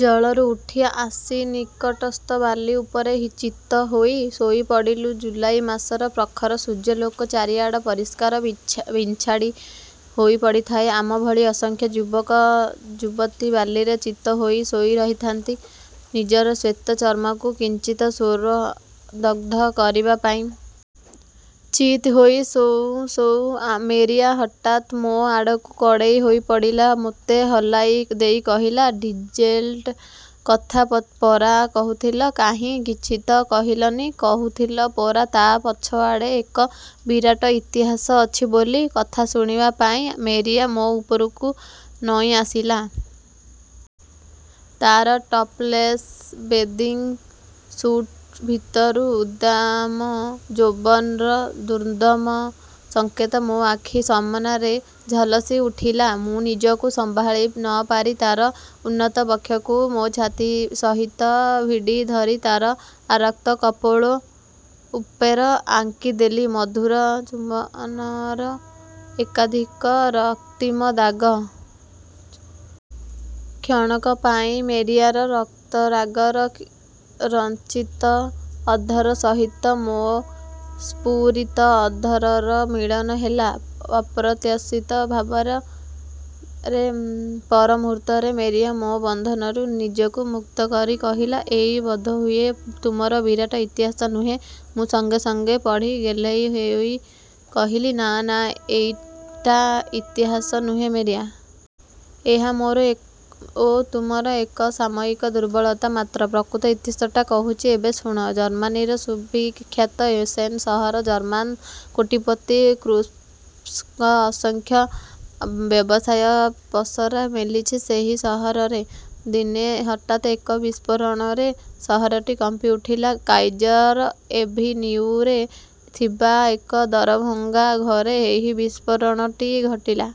ଜଳରୁ ଉଠି ଆସିନିକଟସ୍ଥ ବାଲି ଉପରେ ଚିତହୋଇ ଶୋଇ ପଡ଼ିଲୁ। ଜୁଲାଇ ମାସର ପ୍ରଖର ସୂର୍ଯ୍ୟାଲୋକ ଚାରିଆଡ଼େ ପରିଷ୍କାର ବିଞ୍ଚାଡ଼ି ହୋଇ ପଡ଼ିଥାଏ। ଆମଭଳି ଅସଂଖ୍ୟ ଯୁବକ ଯୁବତୀ ବାଲିରେ ଚିତହୋଇ ଶୋଇ ରହିଥାନ୍ତି, ନିଜର ଶ୍ୱେତ ଚର୍ମକୁ କିଞ୍ଚିତ୍ ସୌର ଦଗ୍ଧ କରିବା ପାଇଁ। ଚିତ୍ ହୋଇ ଶୋଉଁ ଶୋଉଁ ଆମେରିଆ ହଠାତ୍ ମୋ ଆଡ଼କୁ କଡ଼େଇ ହୋଇପଡ଼ିଲା। ମୋତେ ହଲାଇ ଦେଇ କହିଲା ଡିଜେଲଟେ କଥା ପରା କହୁଥିଲ କାହିଁ କିଛି ତ କହିଲନି? କହୁଥିଲ ପରା ତା ପଛଆଡ଼େ ଏକ ବିରାଟ ଇତିହାସ ଅଛି ବୋଲି? କଥା ଶୁଣିବା ପାଇଁ ମେରିଆ ମୋ ଉପରକୁ ନଇଁ ଆସିଲା। ତା'ର ଟପଲେସ୍ ବେଦିଙ୍ଗ ସୁଟ୍ ଭିତରୁ ଉଦ୍ଦାମ ଯୌବନର ଦୁର୍ଦ୍ଦମ ସଂକେତ ମୋ ଆଖି ସାମନାରେ ଝଲସି ଉଠିଲା। ମୁଁ ନିଜକୁ ସମ୍ଭାଳି ନ ପାରି ତାର ଉନ୍ନତବକ୍ଷକୁ ମୋ ଛାତି ସହିତ ଭିଢ଼ି ଧରି ତାର ଆରକ୍ତ କପୋଳ ଉପେର ଆଙ୍କିଦେଲି ମଧୁର ଚୁମ୍ବନର ଏକାଧିକ ରକ୍ତିମ ଦାଗ। କ୍ଷଣକ ପାଇଁ ମେରିଆର ରକ୍ତରାଗରଞ୍ଜିତ ଅଧର ସହିତ ମୋ ସ୍ଫୁରିତ ଅଧରର ମିଳନ ହେଲା ଅପ୍ରତ୍ୟାଶିତ ଭାବରେ। ପର ମୁହୂର୍ତ୍ତରେ ମେରିଆ ମୋ ବନ୍ଧନରୁ ନିଜକୁ ମୁକ୍ତ କରି କହିଲା। ଏଇ ବୋଧହୁଏ ତୁମର ବିରାଟ ଇତିହାସ ନୁହେଁ'? ମୁଁ ସଙ୍ଗେ ସଙ୍ଗେ ପଡ଼ି ଗେହ୍ଲେଇ ହୋଇ କହିଲି ନା ନା ଏଟା ଇତିହାସ ନୁହେଁ ମେରିଆ। ଏହା ମୋର ଓ ତୁମର ଏକ ସାମୟିକ ଦୁର୍ବଳତା ମାତ୍ର। ପ୍ରକୃତ ଇତିହାସଟା କହୁଛି ଏବେ ଶୁଣ। ଜର୍ମ୍ମାନୀର ସୁବିଖ୍ୟାତ ଏସେନ୍ ସହର, ଜର୍ମ୍ମାନ୍ କୋଟିପତି କ୍ରୁପ୍ସଙ୍କ ଅସଂଖ୍ୟ ବ୍ୟବସାୟ ପସରା ମେଲିଛି ସେହି ସହରରେ। ଦିନେ ହଠାତ୍ ଏକ ବିସ୍ଫୋରଣରେ ସହରଟି କମ୍ପିଉଠିଲା। କାଇଜର ଏଭିନିଉରେ ଥିବା ଏକ ଦରଭଙ୍ଗା ଘରେ ଏହି ବିସ୍ଫୋରଣଟି ଘଟିଲା।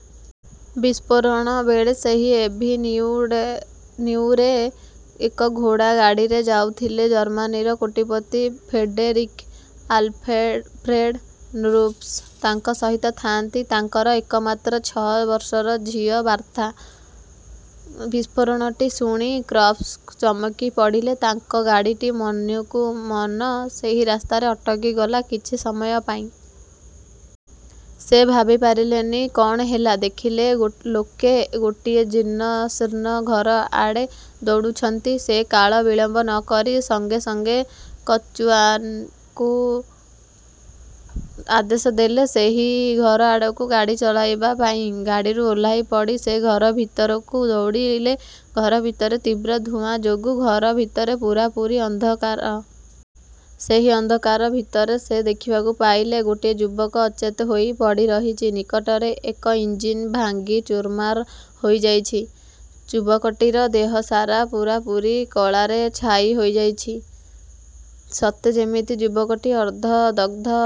ବିସ୍ଫୋରଣ ବେଳେ ସେହି ଏଭିନିଉରେ ଏକ ଘୋଡ଼ା ଗାଡ଼ିରେ ଯାଉଥିଲେ ଜର୍ମାନୀର କୋଟିପତି ଫେଡେରିକ ଆଲଫ୍ରେଡ୍ ନୃପସ୍, ତାଙ୍କ ସହିତ ଥାନ୍ତି, ତାଙ୍କର ଏକମାତ୍ର ଛଅ ବର୍ଷର ଝିଅ ବାର୍ଥା। ବିସ୍ଫୋରଣଟି ଶୁଣି କ୍ରୁପସ୍ ଚମକି ପଡ଼ିଲେ। ତାଙ୍କ ଗାଡ଼ିଟି ମନକୁ ମନ ସେହି ରାସ୍ତାରେ ଅଟକି ଗଲା କିଛି ସମୟ ପାଇଁ। ସେ ଭାବି ପାରିଲେନି କ'ଣ ହେଲା। ଦେଖିଲେ ଲୋକେ ଗୋଟିଏ ଜୀର୍ଣ୍ଣଶୀର୍ଣ୍ଣ ଘର ଆଡ଼େ ଦୌଡ଼ୁଛନ୍ତି। ସେ କାଳ ବିଳମ୍ବ ନ କରି ସଙ୍ଗେ ସଙ୍ଗେ କଚୁଆନ୍କୁ ଆଦେଶ ଦେଲେ ସେହି ଘର ଆଡ଼କୁ ଗାଡ଼ି ଚଳାଇବା ପାଇଁ। ଗାଡ଼ିରୁ ଓହ୍ଲାଇପଡ଼ି ସେ ଘର ଭିତରକୁ ଦୌଡ଼ିଲେ ଘର ଭିତରେ ତୀବ୍ର ଧୂଆଁ ଯୋଗୁଁ ଘର ଭିତରେ ପୁରାପୁରୀ ଅନ୍ଧକାର। ସେହି ଅନ୍ଧକାର ଭିତରେ ସେ ଦେଖିବାକୁ। ପାଇଲେ ଗୋଟିଏ ଯୁବକ ଅଚେତ୍ ହୋଇ ପଡ଼ି ରହିଛି। ନିକଟରେ ଏକ ଇଞ୍ଜିନ୍ ଭାଙ୍ଗି ଚୁରମାର ହୋଇଯାଇଛି। ଯୁବକଟିର ଦେହ ସାରା ପୂରାପୂରି କଳାରେ ଛାଇ ହୋଇଯାଇଛି। ସତେ ଯେମିତି ଯୁବକଟି ଅର୍ଦ୍ଧ ଦଗ୍ଧ।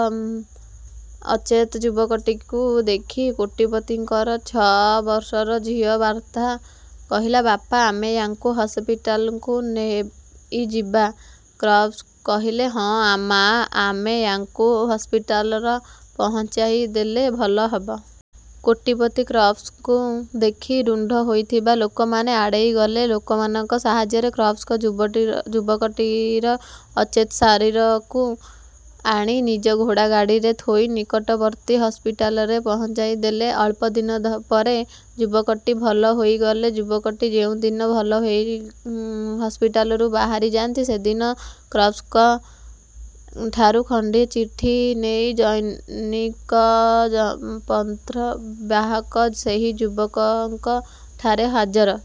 ଅଚେତ୍ ଯୁବକଟିକୁ ଦେଖି କୋଟିପତିଙ୍କର ଛଅ ବର୍ଷର ଝିଅ ବାର୍ଥା କହିଲା ବାପା ଆମେ ୟାଙ୍କୁ ହସପିଟାଲକୁ ନେଇଯିବା କ୍ରୁପସ କହିଲେ। ହଁ ମା ଆମେ ୟାଙ୍କୁ ହସପିଟାଲର ପହଞ୍ଚାଇ ଦେଲେ ଭଲ ହେବ। କୋଟିପତି କ୍ରୁପ୍ସଙ୍କୁ ଦେଖି ରୁଣ୍ଡ ହୋଇଥିବା ଲୋକମାନେ ଆଡ଼େଇ ଗଲେ। ଲୋକମାନଙ୍କ ସାହାଯ୍ୟରେ କ୍ରୁପ୍ସ ଯୁବକଟିର ଅଚେତ ଶରୀରକୁ ଆଣି ନିଜ ଘୋଡ଼ା ଗାଡ଼ିରେ ଥୋଇ ନିକଟବର୍ତ୍ତୀ ହସପିଟାଲରେ ପହଞ୍ଚାଇ ଦେଲେ। ଅଳ୍ପଦିନ ପରେ ଯୁବକଟି ଭଲ ହୋଇଗଲେ। ଯୁବକଟି ଯେଉଁ ଦିନ ଭଲ ହୋଇ ହସପିଟାଲରୁ ବାହାରି ଯାନ୍ତି, ସେଦିନ କ୍ରୁପ୍ସଙ୍କଠାରୁ ଖଣ୍ଡିଏ ଚିଠି ନେଇ ଜନୈକ ପନ୍ତ୍ରବାହକ ସେହି ଯୁବକଙ୍କ ଠାରେ ହାଜର।